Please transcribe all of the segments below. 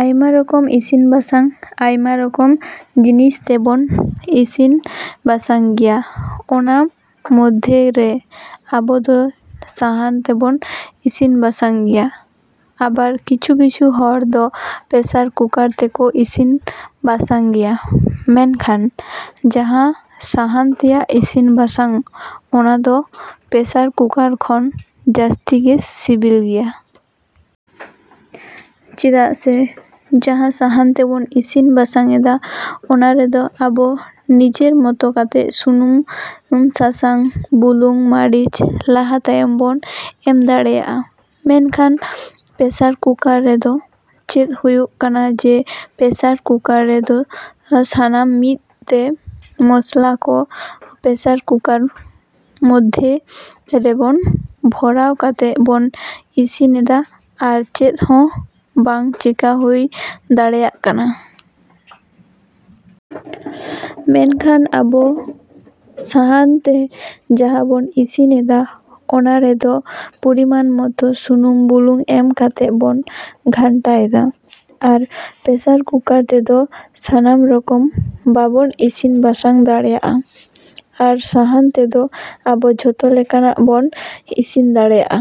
‎ᱟᱭᱢᱟ ᱨᱚᱠᱚᱢ ᱤᱥᱤᱱ ᱵᱟᱥᱟᱝ ᱟᱭᱢᱟ ᱨᱚᱠᱚᱢ ᱡᱤᱱᱤᱥ ᱛᱮᱵᱚᱱ ᱤᱥᱤᱱ ᱵᱟᱥᱟᱝ ᱜᱮᱭᱟ᱾ ᱚᱱᱟ ᱢᱚᱫᱽᱫᱷᱮ ᱨᱮ ᱟᱵᱚ ᱫᱚ ᱥᱟᱦᱟᱱ ᱛᱮᱵᱚᱱ ᱤᱥᱤᱱ ᱵᱟᱥᱟᱝ ᱜᱮᱭᱟ᱾ ᱟᱵᱟᱨ ᱠᱤᱪᱷᱩᱼᱠᱤᱪᱷᱩ ᱦᱚᱲ ᱫᱚ ᱯᱮᱥᱟᱨ ᱠᱩᱠᱟᱨ ᱛᱮᱠᱚ ᱤᱥᱤᱱ ᱵᱟᱥᱟᱝ ᱜᱮᱭᱟ᱾ ᱢᱮᱱᱠᱷᱟᱱ ᱡᱟᱦᱟᱸ ᱥᱟᱦᱟᱱ ᱛᱮᱭᱟᱜ ᱤᱥᱤᱱ ᱵᱟᱥᱟᱝ ᱚᱱᱟ ᱫᱚ ᱯᱮᱥᱟᱨ ᱠᱩᱠᱟᱨ ᱠᱷᱚᱱ ᱡᱟᱹᱥᱛᱤ ᱜᱮ ᱥᱤᱵᱤᱞ ᱜᱮᱭᱟ᱾ ᱪᱮᱫᱟᱜ ᱥᱮ ᱡᱟᱦᱟᱸ ᱥᱟᱦᱟᱱ ᱛᱮᱵᱚᱱ ᱤᱥᱤᱱ ᱵᱟᱥᱟᱝ ᱮᱫᱟ ᱚᱱᱟ ᱨᱮᱫᱚ ᱟᱵᱚ ᱱᱤᱡᱮᱨ ᱢᱚᱛᱚ ᱠᱟᱛᱮ ᱥᱩᱱᱩᱢ, ᱥᱟᱥᱟᱝ, ᱵᱩᱞᱩᱝ, ᱢᱟᱹᱨᱤᱪ ᱞᱟᱦᱟ ᱛᱟᱭᱚᱢ ᱵᱚᱱ ᱮᱢ ᱫᱟᱲᱮᱭᱟᱜᱼᱟ᱾ ᱢᱮᱱᱠᱷᱟᱱ ᱯᱮᱥᱟᱨ ᱠᱩᱠᱟᱨ ᱨᱮᱫᱚ ᱪᱮᱫ ᱦᱩᱭᱩᱜ ᱠᱟᱱᱟ ᱡᱮ ᱯᱮᱥᱟᱨ ᱠᱩᱠᱟᱨ ᱨᱮᱫᱚ ᱥᱟᱱᱟᱢ ᱢᱤᱫ ᱛᱮ ᱢᱚᱥᱞᱟ ᱠᱚ ᱯᱮᱥᱟᱨ ᱠᱩᱠᱟᱨ ᱢᱚᱫᱽᱫᱷᱮ ᱨᱮᱵᱚᱱ ᱵᱷᱚᱨᱟᱣ ᱠᱟᱛᱮ ᱵᱚᱱ ᱤᱥᱤᱱ ᱮᱫᱟ ᱟᱨ ᱪᱮᱫ ᱦᱚᱸ ᱵᱟᱝ ᱪᱮᱠᱟ ᱦᱩᱭ ᱫᱟᱲᱮᱭᱟᱜ ᱠᱟᱱᱟ᱾ ᱢᱮᱱᱠᱷᱟᱱ ᱟᱵᱚ ᱥᱟᱦᱟᱱ ᱛᱮ ᱡᱟᱦᱟᱸ ᱵᱚᱱ ᱤᱥᱤᱱ ᱮᱫᱟ ᱚᱱᱟ ᱨᱮᱫᱚ ᱯᱚᱨᱤᱢᱟᱱ ᱢᱚᱛᱚ ᱥᱩᱱᱩᱢ, ᱵᱩᱞᱩᱝ ᱮᱢ ᱠᱟᱛᱮ ᱵᱚᱱ ᱜᱷᱟᱱᱴᱟᱭ ᱮᱫᱟ᱾ ᱟᱨ ᱯᱮᱥᱟᱨ ᱠᱩᱠᱟᱨ ᱛᱮᱫᱚ ᱥᱟᱱᱟᱢ ᱨᱚᱠᱚᱢ ᱵᱟᱵᱚᱱ ᱤᱥᱤᱱ ᱵᱟᱥᱟᱝ ᱫᱟᱲᱮᱭᱟᱜᱼᱟ᱾ ᱟᱨ ᱥᱟᱦᱟᱱ ᱛᱮᱫᱚ ᱟᱵᱚ ᱡᱚᱛᱚ ᱞᱮᱠᱟᱱᱟᱜ ᱵᱚᱱ ᱤᱥᱤᱱ ᱫᱟᱲᱮᱭᱟᱜᱼᱟ᱾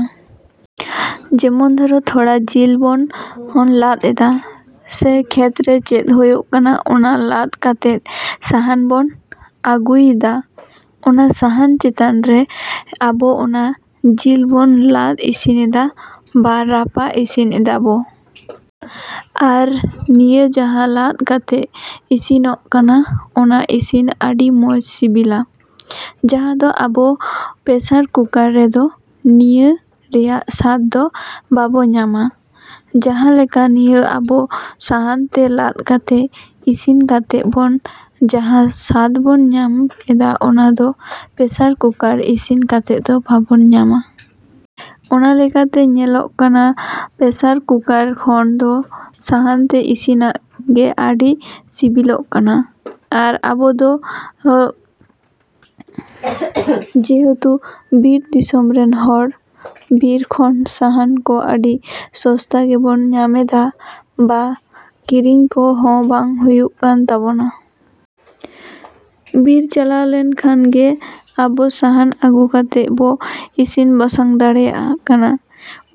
ᱡᱮᱢᱚᱱ ᱫᱷᱚᱨᱚ ᱛᱷᱚᱲᱟ ᱡᱤᱞ ᱵᱚᱱ ᱞᱟᱫ ᱮᱫᱟ ᱥᱮ ᱠᱷᱮᱛᱨᱮ ᱪᱮᱫ ᱦᱩᱭᱩᱜ ᱠᱟᱱᱟ ᱚᱱᱟ ᱞᱟᱫ ᱠᱟᱛᱮᱫ ᱥᱟᱦᱟᱱ ᱵᱚᱱ ᱟᱹᱜᱩᱭ ᱫᱟ᱾ ᱚᱱᱟ ᱥᱟᱦᱟᱱ ᱪᱮᱛᱟᱱ ᱨᱮ ᱟᱵᱚ ᱚᱱᱟ ᱡᱤᱞ ᱵᱚᱱ ᱞᱟᱫ ᱤᱥᱤᱱ ᱮᱫᱟ ᱵᱟ ᱨᱟᱯᱟᱜ ᱤᱥᱤᱱ ᱮᱫᱟ ᱵᱚ᱾ ᱟᱨ ᱱᱤᱭᱟᱹ ᱡᱟᱦᱟᱸ ᱞᱟᱫ ᱠᱟᱛᱮ ᱤᱥᱤᱱᱚᱜ ᱠᱟᱱᱟ ᱚᱱᱟ ᱤᱥᱤᱱ ᱟᱹᱰᱤ ᱢᱚᱡᱽ ᱥᱤᱵᱤᱞᱟ᱾ ᱡᱟᱦᱟᱸ ᱫᱚ ᱟᱵᱚ ᱯᱮᱥᱟᱨ ᱠᱩᱠᱟᱨ ᱨᱮᱫᱚ ᱱᱤᱭᱟᱹ ᱨᱮᱭᱟᱜ ᱥᱟᱫ ᱫᱚ ᱵᱟᱵᱚ ᱧᱟᱢᱟ᱾ ᱡᱟᱦᱟᱸ ᱞᱮᱠᱟ ᱱᱤᱭᱟᱹ ᱟᱵᱚ ᱥᱟᱦᱟᱱ ᱛᱮ ᱞᱟᱫ ᱠᱟᱛᱮ ᱤᱥᱤᱱ ᱠᱟᱛᱮ ᱵᱚᱱ ᱡᱟᱦᱟᱸ ᱥᱟᱫ ᱵᱚᱱ ᱧᱟᱢ ᱮᱫᱟ ᱚᱱᱟ ᱫᱚ ᱯᱮᱥᱟᱨ ᱠᱩᱠᱟᱨ ᱤᱥᱤᱱ ᱠᱟᱛᱮ ᱫᱚ ᱵᱟᱵᱚᱱ ᱧᱟᱢᱟ᱾ ᱚᱱᱟ ᱞᱮᱠᱟ ᱛᱮ ᱧᱮᱞᱚᱜ ᱠᱟᱱᱟ ᱯᱮᱥᱟᱨ ᱠᱩᱠᱟᱨ ᱠᱷᱚᱱ ᱫᱚ ᱥᱟᱦᱟᱱ ᱛᱮ ᱤᱥᱤᱱᱟᱜ ᱜᱮ ᱟᱹᱰᱤ ᱥᱤᱵᱤᱞᱚᱜ ᱠᱟᱱᱟ᱾ ᱟᱨ ᱟᱵᱚ ᱫᱚ ᱡᱮᱦᱮᱛᱩ ᱵᱤᱨ ᱫᱤᱥᱚᱢ ᱨᱮᱱ ᱦᱚᱲ, ᱵᱤᱨ ᱠᱷᱚᱱ ᱥᱟᱦᱟᱱ ᱠᱚ ᱟᱹᱰᱤ ᱥᱚᱥᱛᱟ ᱜᱮᱵᱚᱱ ᱧᱟᱢᱮᱫᱟ ᱵᱟ ᱠᱤᱨᱤᱧ ᱠᱚ ᱦᱚᱸ ᱵᱟᱝ ᱦᱩᱭᱩᱜ ᱠᱟᱱ ᱛᱟᱵᱚᱱᱟ᱾ ᱵᱤᱨ ᱪᱟᱞᱟᱣ ᱞᱮᱱ ᱠᱷᱟᱱ ᱜᱮ ᱟᱵᱚ ᱥᱟᱦᱟᱱ ᱟᱹᱜᱩ ᱠᱟᱛᱮ ᱵᱚ ᱤᱥᱤᱱ ᱵᱟᱥᱟᱝ ᱫᱟᱲᱮᱭᱟᱜ ᱠᱟᱱᱟ᱾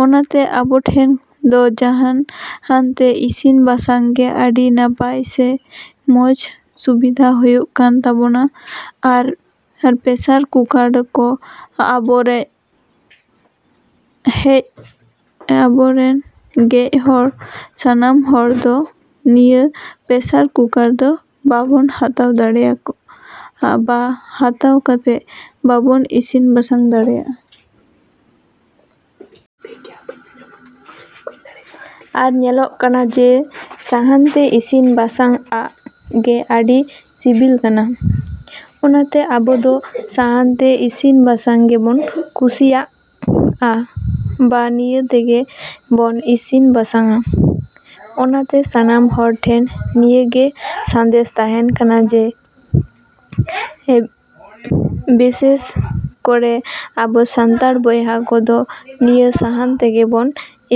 ᱚᱱᱟ ᱛᱮ ᱟᱵᱚ ᱴᱷᱮᱱ ᱫᱚ ᱥᱟᱦᱟᱱ ᱛᱮ ᱤᱥᱤᱱ ᱵᱟᱥᱟᱝ ᱜᱮ ᱟᱹᱰᱤ ᱱᱟᱯᱟᱭ ᱥᱮ ᱢᱚᱡᱽ ᱥᱩᱵᱤᱫᱟ ᱦᱩᱭᱩᱜ ᱠᱟᱱ ᱛᱟᱵᱚᱱᱟ᱾ ᱟᱨ ᱯᱮᱥᱟᱨ ᱠᱩᱠᱟᱨ ᱫᱚ ᱟᱵᱚ ᱨᱮᱸᱜᱮᱡ ᱦᱚᱲ ᱥᱟᱱᱟᱢ ᱦᱚᱲ ᱫᱚ ᱱᱤᱭᱟᱹ ᱯᱮᱥᱟᱨ ᱠᱩᱠᱟᱨ ᱫᱚ ᱵᱟᱵᱚᱱ ᱦᱟᱛᱟᱣ ᱫᱟᱲᱮᱭᱟᱜᱼᱟ ᱵᱟ ᱦᱟᱛᱟᱣ ᱠᱟᱛᱮ ᱵᱟᱵᱚᱱ ᱤᱥᱤᱱ ᱵᱟᱥᱟᱝ ᱫᱟᱲᱮᱭᱟᱜᱼᱟ᱾ ᱟᱨ ᱧᱮᱞᱚᱜ ᱠᱟᱱᱟ ᱡᱮ ᱥᱟᱦᱟᱱ ᱛᱮ ᱤᱥᱤᱱ ᱵᱟᱥᱟᱝᱼᱟᱜ ᱜᱮ ᱟᱹᱰᱤ ᱥᱤᱵᱤᱞ ᱠᱟᱱᱟ᱾ ᱚᱱᱟ ᱛᱮ ᱟᱵᱚ ᱫᱚ ᱥᱟᱦᱟᱱ ᱛᱮ ᱤᱥᱤᱱ ᱵᱟᱥᱟᱝ ᱜᱮᱵᱚᱱ ᱠᱩᱥᱤᱭᱟᱜᱼᱟ ᱵᱟ ᱱᱤᱭᱟᱹ ᱛᱮᱜᱮ ᱵᱚᱱ ᱤᱥᱤᱱ ᱵᱟᱥᱟᱝᱼᱟ᱾ ᱚᱱᱟ ᱛᱮ ᱥᱟᱱᱟᱢ ᱦᱚᱲ ᱴᱷᱮᱱ ᱱᱤᱭᱟᱹ ᱜᱮ ᱥᱟᱸᱫᱮᱥ ᱛᱟᱦᱮᱱ ᱠᱟᱱᱟ ᱡᱮ ᱵᱤᱥᱮᱥ ᱠᱚᱨᱮ ᱟᱵᱚ ᱥᱟᱱᱛᱟᱲ ᱵᱚᱭᱦᱟ ᱠᱚᱫᱚ ᱱᱤᱭᱟᱹ ᱥᱟᱦᱟᱱ ᱛᱮᱜᱮ ᱵᱚᱱ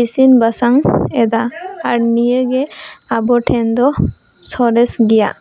ᱤᱥᱤᱱ ᱵᱟᱥᱟᱝ ᱮᱫᱟ ᱟᱨ ᱱᱤᱭᱟᱹ ᱜᱮ ᱟᱵᱚ ᱴᱷᱮᱱ ᱫᱚ ᱥᱚᱨᱮᱥ ᱜᱮᱭᱟ᱾।